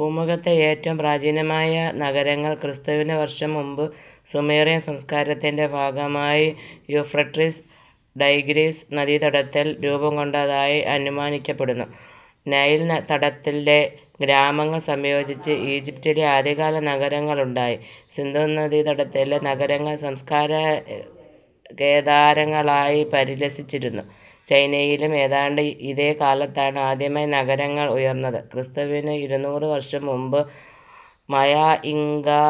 ഭൂമുഖത്തെ ഏറ്റവും പ്രാചീനമായ നഗരങ്ങൾ ക്രിസ്തുവിന് വർഷം മുമ്പ് സുമേറിയൻ സംസ്കാരത്തിന്റെ ഭാഗമായി യൂഫ്രടിസ്-ടൈഗ്രിസ് നദീതടത്തിൽ രൂപംകൊണ്ടതായി അനുമാനിക്കപ്പെടുന്നു. നൈൽതടത്തിലെ ഗ്രാമങ്ങൾ സംയോജിച്ച് ഈജിപ്തിലെ ആദ്യകാല നഗരങ്ങളുണ്ടായി. സിന്ധുനദീതടത്തിലെ നഗരങ്ങൾ സംസ്കാരകേദാരങ്ങളായി പരിലസിച്ചിരുന്നു. ചൈനയിലും ഏതാണ്ട് ഇതേ കാലത്താണ് ആദ്യമായി നഗരങ്ങൾ ഉയർന്നത്. ക്രിസ്തുവിന് ഇരുനൂറ് വർഷം മുമ്പ് മയാ-ഇങ്കാ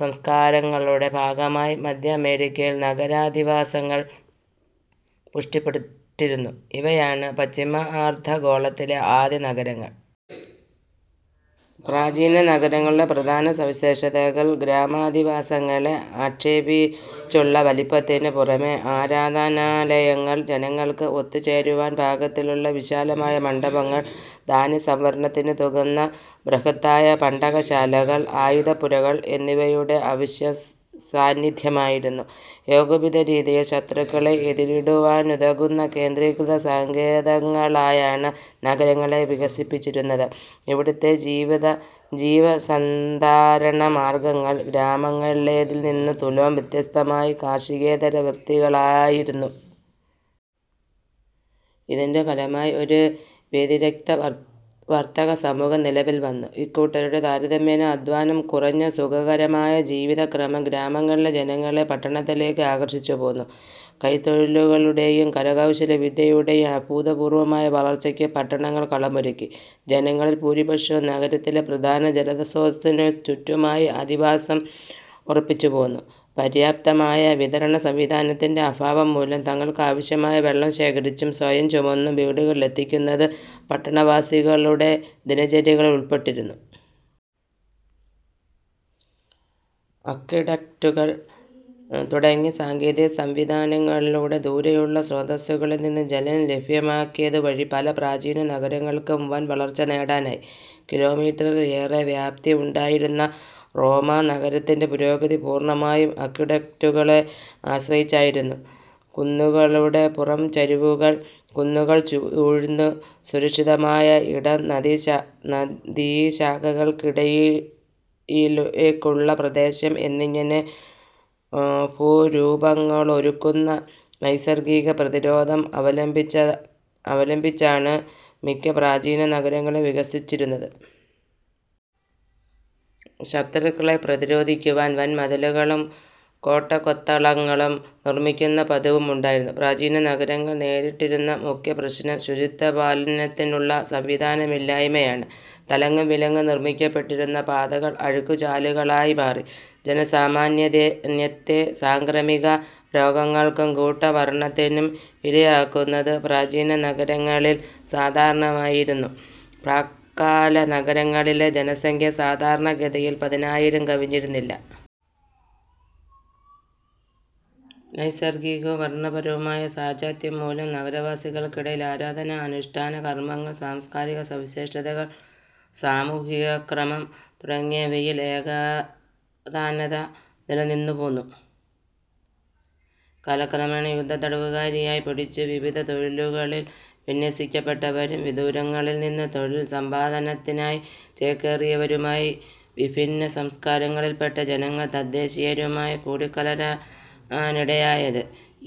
സംസ്കാരങ്ങളുടെ ഭാഗമായി മധ്യഅമേരിക്കയിൽ നഗരാധിവാസങ്ങൾ പുഷ്ടിപ്പെട്ടിരുന്നു ഇവയാണ് പശ്ചിമാർധഗോളത്തിലെ ആദ്യ നഗരങ്ങൾ. പ്രാചീന നഗരങ്ങളുടെ പ്രധാന സവിശേഷതകൾ ഗ്രാമാധിവാസങ്ങളെ അപേക്ഷിച്ചുള്ള വലിപ്പത്തിനു പുറമേ, ആരാധനാലയങ്ങൾ, ജനങ്ങൾക്ക് ഒത്തുചേരുവാൻപാകത്തിലുള്ള വിശാലമായ മണ്ഡപങ്ങൾ, ധാന്യസംഭരണത്തിനുതകുന്ന ബൃഹത്തായ പണ്ടകശാലകൾ, ആയുധപ്പുരകൾ എന്നിവയുടെ അവശ്യസാന്നിധ്യമായിരുന്നു. ഏകോപിത രീതിയിൽ ശത്രുക്കളെ എതിരിടുവാനുതകുന്ന കേന്ദ്രീകൃത സങ്കേതങ്ങളായാണ് നഗരങ്ങളെ വികസിപ്പിച്ചിരുന്നത്. ഇവിടത്തെ ജീവസന്ധാരണമാർഗങ്ങൾ ഗ്രാമങ്ങളിലേതിൽനിന്ന് തുലോം വ്യത്യസ്തമായി കാർഷികേതര വൃത്തികളായിരുന്നു. ഇതിന്റെ ഫലമായി ഒരു വ്യതിരിക്ത വർത്തകസമൂഹം നിലവിൽവന്നു. ഇക്കൂട്ടരുടെ, താരതമ്യേന അധ്വാനം കുറഞ്ഞ സുഖകരമായ ജീവിതക്രമം ഗ്രാമങ്ങളിലെ ജനങ്ങളെ പട്ടണത്തിലേക്ക് ആകർഷിച്ചുപോന്നു. കൈത്തൊഴിലുകളുടെയും കരകൗശലവിദ്യയുടെയും അഭൂതപൂർവമായ വളർച്ചയ്ക്ക് പട്ടണങ്ങൾ കളമൊരുക്കി. ജനങ്ങളിൽ ഭൂരിപക്ഷവും നഗരത്തിലെ പ്രധാന ജലസ്രോതസ്സിനു ചുറ്റുമായി അധിവാസം ഉറപ്പിച്ചുപോന്നു. പര്യാപ്തമായ വിതരണസംവിധാനത്തിന്റെ അഭാവംമൂലം തങ്ങൾക്കാവശ്യമായ വെള്ളം ശേഖരിച്ചും സ്വയം ചുമന്നും വീടുകളിലെത്തിക്കുന്നത് പട്ടണവാസികളുടെ ദിനചര്യകളിൽ ഉൾപ്പെട്ടിരുന്നു. അക്വിഡക്റ്റുകൾ തുടങ്ങിയ സാങ്കേതിക സംവിധാനങ്ങളിലൂടെ ദൂരെയുള്ള സ്രോതസ്സുകളിൽനിന്ന് ജലം ലഭ്യമാക്കിയതുവഴി പല പ്രാചീന നഗരങ്ങൾക്കും വൻ വളർച്ച നേടാനായി. കിലോമീറ്ററിൽ ഏറേ വ്യാപ്തി ഉണ്ടായിരുന്ന റോമാനഗരത്തിന്റെ പുരോഗതി പൂർണമായും അക്വിഡക്റ്റുകളെ ആശ്രയിച്ചായിരുന്നു. കുന്നുകളുടെ പുറംചരിവുകൾ, കുന്നുകൾ ചൂഴ്ന്ന് സുരക്ഷിതമായ ഇടം, നദീശാഖകൾക്കിടയ്ക്കുള്ള പ്രദേശം എന്നിങ്ങനെ ഭൂരൂപങ്ങളൊരുക്കുന്ന നൈസർഗിക പ്രതിരോധം അവലംബിച്ചാണ് മിക്ക പ്രാചീന നഗരങ്ങളും വികസിച്ചിരുന്നത്. ശത്രുക്കളെ പ്രതിരോധിക്കുവാൻ വൻ മതിലുകളും കോട്ടകൊത്തളങ്ങളും നിർമ്മിക്കുന്ന പതിവും ഉണ്ടായിരുന്നു. പ്രാചീന നഗരങ്ങൾ നേരിട്ടിരുന്ന മുഖ്യ പ്രശ്നം ശുചിത്വപാലനത്തിനുള്ള സംവിധാനമില്ലായ്മയാണ്. തലങ്ങും വിലങ്ങും നിർമ്മിക്കപ്പെട്ടിരുന്ന പാതകൾ അഴുക്കുചാലുകളായിമാറി ജനസാമാന്യത്തെ സാംക്രമിക രോഗങ്ങൾക്കും കൂട്ടമരണത്തിനും ഇരയാക്കുന്നത് പ്രാചീന നഗരങ്ങളിൽ സാധാരണമായിരുന്നു. പ്രാക്കാല നഗരങ്ങളിലെ ജനസംഖ്യ സാധാരണ ഗതിയിൽ പതിനായിരം കവിഞ്ഞിരുന്നില്ല. നൈസർഗികവും വർഗപരവുമായ സാജാത്യംമൂലം നഗരവാസികൾക്കിടയിൽ ആരാധന, അനുഷ്ഠാനകർമങ്ങൾ, സാംസ്കാരിക സവിശേഷതകൾ, സാമൂഹിക ക്രമം തുടങ്ങിയവയിൽ ഏകതാനത നിലനിന്നുപോന്നു. കാലക്രമേണ, യുദ്ധത്തടവുകാരായി പിടിച്ച്, വിവിധ തൊഴിലുകളിൽ വിന്യസിക്കപ്പെട്ടവരും വിദൂരങ്ങളിൽനിന്ന് തൊഴിൽ സമ്പാദനത്തിനായി ചേക്കേറിയവരുമായി വിഭിന്ന സംസ്കാരങ്ങളിൽപ്പെട്ട ജനങ്ങൾ തദ്ദേശീയരുമായി കൂടിക്കലരാനിടയായത്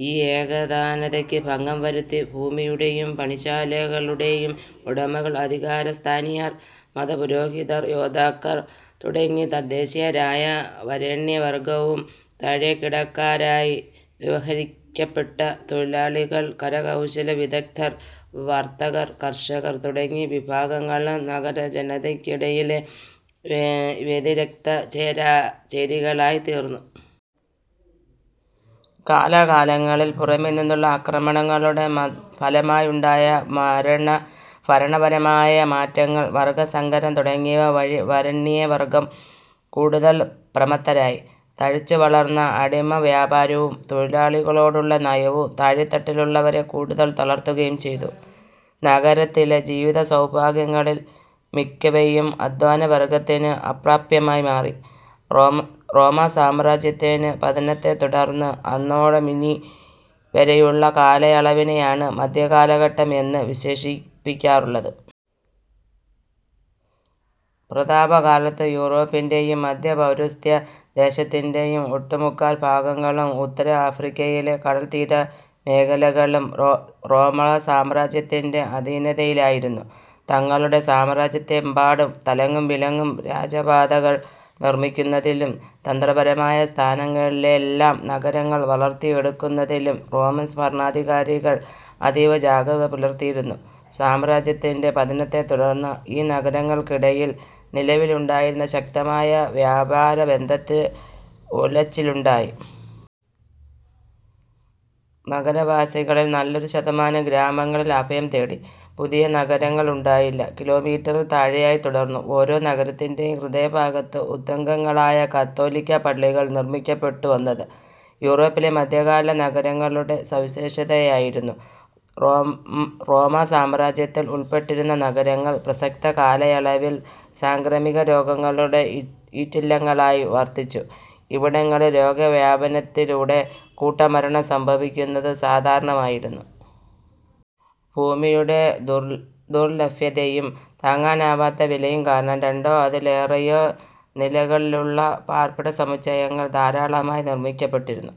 ഈ ഏകതാനതയ്ക്ക് ഭംഗം വരുത്തി. ഭൂമിയുടെയും പണിശാലകളുടെയും ഉടമകൾ, അധികാരസ്ഥാനീയർ, മതപുരോഹിതർ, യോദ്ധാക്കൾ തുടങ്ങി തദ്ദേശീയരായ വരേണ്യവർഗവും താഴേക്കിടക്കാരായി വ്യവഹരിക്കപ്പെട്ട തൊഴിലാളികൾ, കരകൗശലവിദഗ്ദ്ധർ, വർത്തകർ, കർഷകർ തുടങ്ങിയ വിഭാഗങ്ങളും നഗരജനതയ്ക്കിടയിലെ വ്യതിരിക്ത ചേരികളായിത്തീർന്നു. കാലാകാലങ്ങളിൽ പുറമേനിന്നുള്ള ആക്രമണങ്ങളുടെ ഫലമായുണ്ടായ ഭരണപരമായ മാറ്റങ്ങൾ, വർഗസങ്കരം തുടങ്ങിയവ വഴി വരേണ്യവർഗം കൂടുതൽ പ്രമത്തരായി. തഴച്ചുവളർന്ന അടിമവ്യാപാരവും തൊഴിലാളികളോടുള്ള നയവും താഴേത്തട്ടിലുള്ളവരെ കൂടുതൽ തളർത്തുകയും ചെയ്തു. നഗരത്തിലെ ജീവിതസൗഭാഗ്യങ്ങളിൽ മിക്കവയും അധ്വാനവർഗത്തിന് അപ്രാപ്യമായി മാറി. റോമാസാമ്രാജ്യത്തിന്റെ പതനത്തെത്തുടർന്ന് അന്നോടൊമിനി വരെയുള്ള കാലയളവിനെയാണ് മധ്യകാലഘട്ടം എന്നു വിശേഷിപ്പിക്കാറുള്ളത്. പ്രതാപകാലത്ത് യൂറോപ്പിന്റെയും മധ്യ പൗരസ്ത്യദേശത്തിന്റെയും ഒട്ടുമുക്കാൽ ഭാഗങ്ങളും ഉത്തര ആഫ്രിക്കയിലെ കടൽത്തീരമേഖലകളും റോമാസാമ്രാജ്യത്തിന്റെ അധീനതയിലായിരുന്നു. തങ്ങളുടെ സാമ്രാജ്യത്തെമ്പാടും തലങ്ങും വിലങ്ങും രാജപാതകൾ നിർമ്മിക്കുന്നതിലും തന്ത്രപരമായ സ്ഥാനങ്ങളിലെല്ലാം നഗരങ്ങൾ വളർത്തിയെടുക്കുന്നതിലും റോമൻ ഭരണാധികാരികൾ അതീവ ജാഗ്രത പുലർത്തിയിരുന്നു. സാമ്രാജ്യത്തിന്റെ പതനത്തെത്തുടർന്ന് ഈ നഗരങ്ങൾക്കിടയിൽ നിലവിലുണ്ടായിരുന്ന ശക്തമായ വ്യാപാരബന്ധത്തിൽ ഉലച്ചിലുണ്ടായി. നഗരവാസികളിൽ നല്ലൊരു ശതമാനം ഗ്രാമങ്ങളിൽ അഭയം തേടി. പുതിയ നഗരങ്ങൾ ഉണ്ടായില്ല. കിലോമീറ്ററിൽ താഴെയായി തുടർന്നു. ഓരോ നഗരത്തിന്റെയും ഹൃദയഭാഗത്ത് ഉത്തുംഗങ്ങളായ കത്തോലിക്കാപ്പള്ളികൾ നിർമ്മിക്കപ്പെട്ടുവെന്നത് യൂറോപ്പിലെ മധ്യകാല നഗരങ്ങളുടെ സവിശേഷതയായിരുന്നു. റോമാസാമ്രാജ്യത്തിൽ ഉൾപ്പെട്ടിരുന്ന നഗരങ്ങൾ പ്രസക്ത കാലയളവിൽ സാംക്രമികരോഗങ്ങളുടെ ഈറ്റില്ലങ്ങളായി വർത്തിച്ചു. ഇവിടങ്ങളിൽ രോഗവ്യാപനത്തിലൂടെ കൂട്ടമരണം സംഭവിക്കുന്നത് സാധാരണമായിരുന്നു. ഭൂമിയുടെ ദുർലഭ്യതയും താങ്ങാനാവാത്ത വിലയും കാരണം, രണ്ടോ അതിലേറെയോ നിലകളിലുള്ള പാർപ്പിടസമുച്ചയങ്ങൾ ധാരാളമായി നിർമ്മിക്കപ്പെട്ടിരുന്നു.